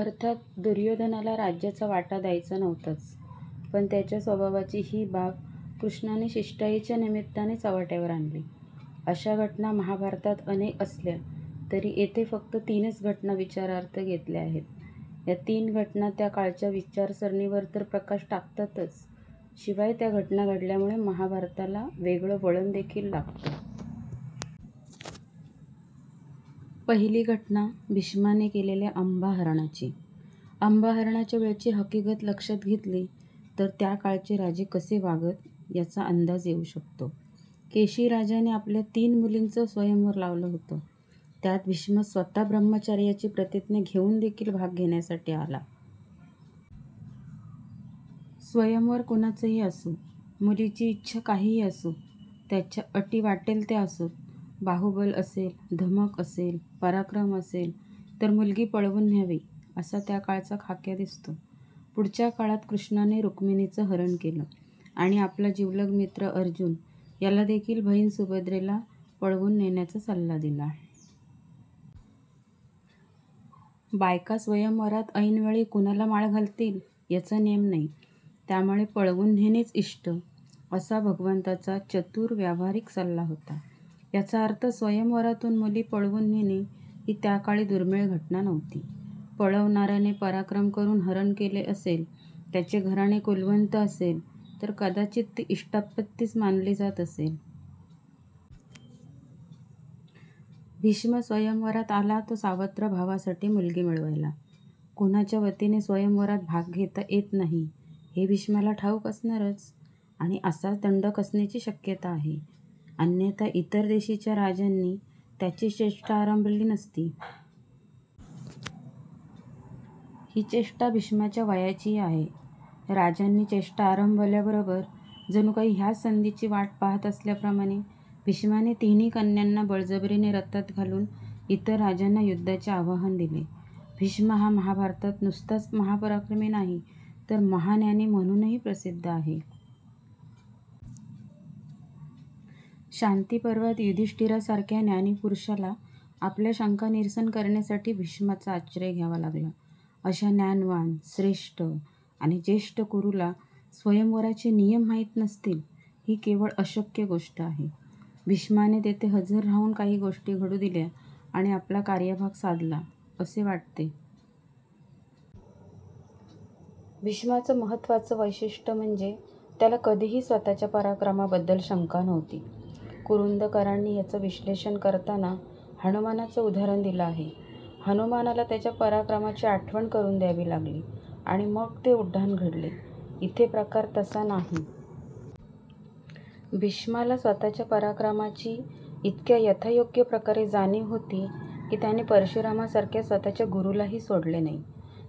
अर्थात दुर्योधनाला राज्याचा वाटा द्यायचा नव्हताच. पण त्याच्या स्वभावाची ही बाब कृष्णाने शिष्टाईच्या निमित्ताने चव्हाट्यावर आणली. अशा घटना महाभारतात अनेक असल्या तरी येथे फक्त तीनच घटना विचारार्थ घेतल्या आहेत. या तीन घटना त्या काळच्या विचारसरणीवर तर प्रकाश टाकतातच शिवाय त्या घटना घडल्यामुळे महाभारताला वेगळं वळण देखिल लागतं. पहिली घटना भीष्माने केलेल्या अम्बाहरणाची. अम्बाहरणाच्या वेळची हकीकत लक्षात घेतली तर त्या काळचे राजे कसे वागत याचा अंदाज येऊ शकतो. केशीराजाने आपल्या तीन मुलींचं स्वयंवर लावलं होतं. त्यात भीष्म स्वतः ब्रह्मचर्याची प्रतिज्ञा घेऊन देखिल भाग घेण्यासाठी आला. स्वयंवर कुणाचंही असो. मुलीची इच्छा काहीही असो. त्याच्या अटी वाट्टेल त्या असोत. बाहुबल असेल, धमक असेल, पराक्रम असेल तर मुलगी पळवुन न्यावी असा त्याकाळचा खाक्या दिसतो. पुढच्या काळात कृष्णाने रुक्मिणीचं हरण केलं आणि आपला जिवलग मित्र अर्जुन याला देखिल बहिण सुभद्रेला पळवुन नेण्याचा सल्ला दिला. बायका स्वयंवरात ऐनवेळी कुणाला माळ घालतील याचा नेम नाही त्यामुळे पळवुन नेणेच इष्ट असा भगवंताचा चतुर, व्यावहारिक सल्ला होता. याचा अर्थ स्वयंवरातुन मुली पळवुन नेणे ही त्याकाळी दुर्मिळ घटना नव्हती. पळवणार्याने पराक्रम करुन हरण केले असेल, त्याचे घराणे कुलवंत असेल तर कदाचित ती इष्टापत्तीच मानली जात असेल. भीष्म स्वयंवरात आला तो सावत्र भावांसाठी मुलगी मिळवायला. कुणाच्या वतीने स्वयंवरात भाग घेता येत नाही हे भीष्माला ठाऊक असणारच. आणि असाच दंडक असण्याची शक्यता आहे. अन्यथा इतर देशीच्या रा़जांनी त्याची चेष्टा आरंभली नसती. ही चेष्टा भीष्माच्या वयाचीही आहे. राजांनी चेष्टा आरंभल्याबरोबर जणुकाही याच संधीची वाट पाहात असल्याप्रमाणे भीष्माने तिन्ही कन्यांना बळजबरीने रथात घालुन इतर राजांना युद्धाचे आव्हान दिले. भीष्म हा महाभारतात नुसताच महापराक्रमी नाही तर महाज्ञानी म्हणुनही प्रसिद्ध आहे. शांतीपर्वात युधिष्ठीरासारख्या ज्ञानी पुरुषाला आपल्या शंका निरसन करण्यासाठी भीष्माचा आश्रय घ्यावा लागला. अशा ज्ञानवान, श्रेष्ठ आणि ज्येष्ठ कुरुला स्वयंवराचे नियम माहित नसतील ही केवळ अशक्य गोष्ट आहे. भीष्माने तेथे हजर राहुन काही गोष्टी घडु दिल्या आणि आपला कार्यभाग साधला असे वाटते. भीष्माचं महत्त्वाचं वैशिष्ट्य म्हणजे त्याला कधीही स्वतःच्या पराक्रमाबद्दल शंका नव्हती. कुरुंदकरांनी याचं विश्लेषण करताना हनुमानाचं उदाहरण दिलं आहे. हनुमानाला त्याच्या पराक्रमाची आठवण करुन द्यावी लागली आणि मग ते उड्डाण घडले. इथे प्रकार तसा नाही. भीष्माला स्वतःच्या पराक्रमाची इतक्या यथायोग्य प्रकारे जाणीव होती की त्याने परशुरामासारख्या स्वतःच्या गुरुलाही सोडले नाही.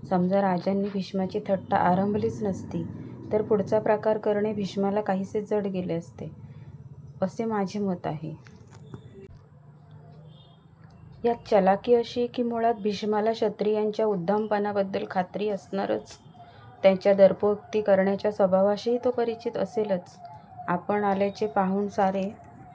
समजा राजांनी भीष्माची थट्टा आरंभलीच नसती तर पुढचा प्रकार करणे भीष्माला काहीसे जड गेले असते असे माझे मत आहे. यात चलाखि अशी कि मुळात भीष्माला क्षत्रियांच्या उद्दामपणाबद्दल खात्री असणारच. त्यांच्या दर्पोक्ती करण्याच्या स्वभावाशीही तो परिचित असेलच. आपण आल्याचे पाहुन सारे